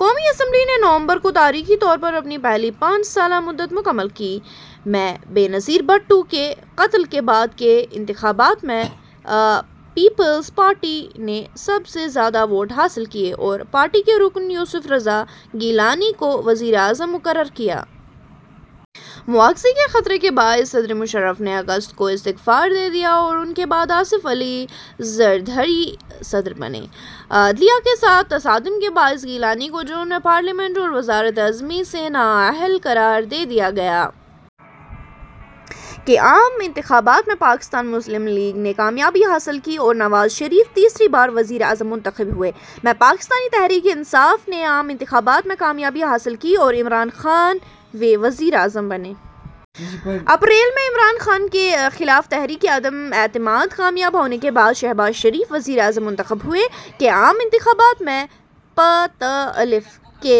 قومی اسمبلی نے نومبر کو تاریخی طور پر اپنی پہلی پانچ سالہ مدت مکمل کی۔ میں بے نظیر بھٹو کے قتل کے بعد کے انتخابات میں پیپلز پارٹی نے سب سے زیادہ ووٹ حاصل کیے اور پارٹی کے رکن یوسف رضا گیلانی کو وزیر اعظم مقرر کیا۔ مواخذے کے خطرے کے باعث صدر مشرف نے اگست کو استعفا دے دیا اور ان کے بعد آصف علی زردہری صدر بنے۔ عدلیہ کے ساتھ تصادم کے باعث گیلانی کو جون میں پارلیمنٹ اور وزارت عظمیٰ سے نااہل قرار دے دیا گیا۔ کے عام انتخابات میں پاکستان مسلم لیگ نے کامیابی حاصل کی اور نواز شریف تیسری بار وزیر اعظم منتخب ہوئے۔ میں پاکستان تحریک انصاف نے عام انتخابات میں کامیابی حاصل کی اور عمران خان ویں وزیر اعظم بنے۔ اپریل میں عمران خان کے خلاف تحریک عدم اعتماد کامیاب ہونے کے بعد شہباز شریف وزیر اعظم منتخب ہوئے۔ کے عام انتخابات میں پ۔ ت۔ ا کے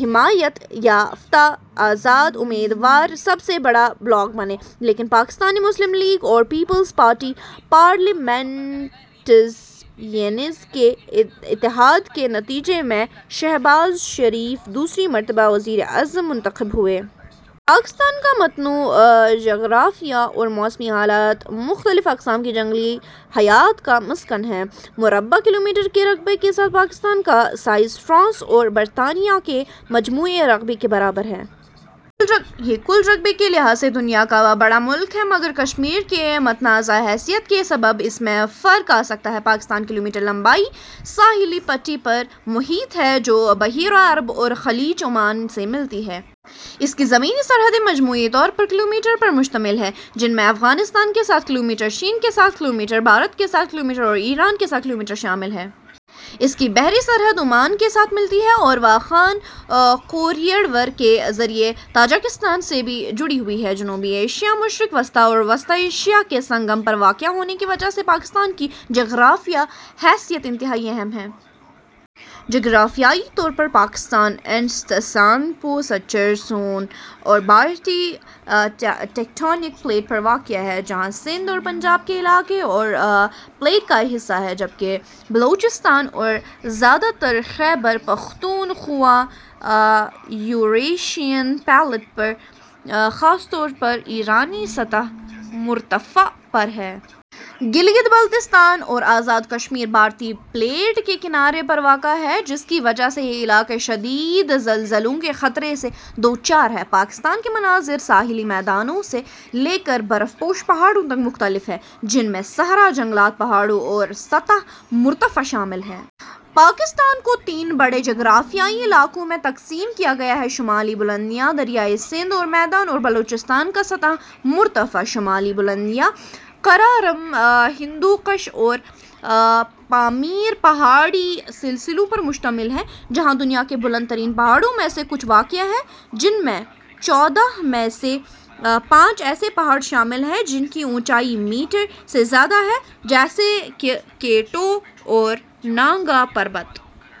حمایت یافتہ آزاد امیدوار سب سے بڑا بلاک بنے، لیکن پاکستان مسلم لیگ اور پیپلز پارٹی پارلیمنٹیرینز کے اتحاد کے نتیجے میں شہباز شریف دوسری مرتبہ وزیر اعظم منتخب ہوئے۔ پاکستان کا متنوع جغرافیہ اور موسمی حالات مختلف اقسام کی جنگلی حیات کا مسکن ہیں۔ مربع کلومیٹر کے رقبے کے ساتھ پاکستان کا سائز فرانس اور برطانیہ کے مجموعی رقبے کے برابر ہے۔ یہ کل رقبے کے لحاظ سے دنیا کا واں بڑا ملک ہے، مگر کشمیر کی متنازع حیثیت کے سبب اس میں فرق آ سکتا ہے۔ پاکستان کلومیٹر لمبی ساحلی پٹی پر محیط ہے جو بحیرہ عرب اور خلیج عمان سے ملتی ہے۔ اس کی زمینی سرحدیں مجموعی طور پر کلومیٹر پر مشتمل ہیں، جن میں افغانستان کے ساتھ کلومیٹر ، چین کے ساتھ کلومیٹر ، بھارت کے ساتھ کلومیٹر اور ایران کے ساتھ کلومیٹر شامل ہیں۔ اس کی بحری سرحد عمان کے ساتھ ملتی ہے اور واخان کوریڈور کے ذریعے تاجکستان سے بھی جڑی ہوئی ہے۔ جنوبی ایشیا، مشرق وسطیٰ اور وسطی ایشیا کے سنگم پر واقع ہونے کی وجہ سے پاکستان کی جغرافیائی حیثیت انتہائی اہم ہے۔ جغرافیائی طور پر پاکستان انڈس-تسانگپو سچّر زون اور بھارتی ٹیکٹونک پلیٹ پر واقع ہے، جہاں سندھ اور پنجاب کے علاقے اس پلیٹ کا حصہ ہیں جبکہ بلوچستان اور زیادہ تر خیبر پختونخوا یوریشین پلیٹ پر، خاص طور پر ایرانی سطح مرتفع پر ہیں۔ گلگت بلتستان اور آزاد کشمیر بھارتی پلیٹ کے کنارے پر واقع ہیں، جس کی وجہ سے یہ علاقے شدید زلزلوں کے خطرے سے دوچار ہیں۔ پاکستان کے مناظر ساحلی میدانوں سے لے کر برف پوش پہاڑوں تک مختلف ہیں، جن میں صحرا، جنگلات، پہاڑیاں اور سطح مرتفع شامل ہیں۔ پاکستان کو تین بڑے جغرافیائی علاقوں میں تقسیم کیا گیا ہے: شمالی بلندیاں، دریائے سندھ کا میدان اور بلوچستان کا سطح مرتفع۔ شمالی بلندیاں قراقرم، ہندوکش اور پامیر پہاڑی سلسلوں پر مشتمل ہیں، جہاں دنیا کے بلند ترین پہاڑوں میں سے کچھ واقع ہیں، جن میں چودہ میں سے پانچ ایسے پہاڑ شامل ہیں جن کی اونچائی میٹر سے زیادہ ہے، جیسے کہ کے ٹو اور نانگا پربت ۔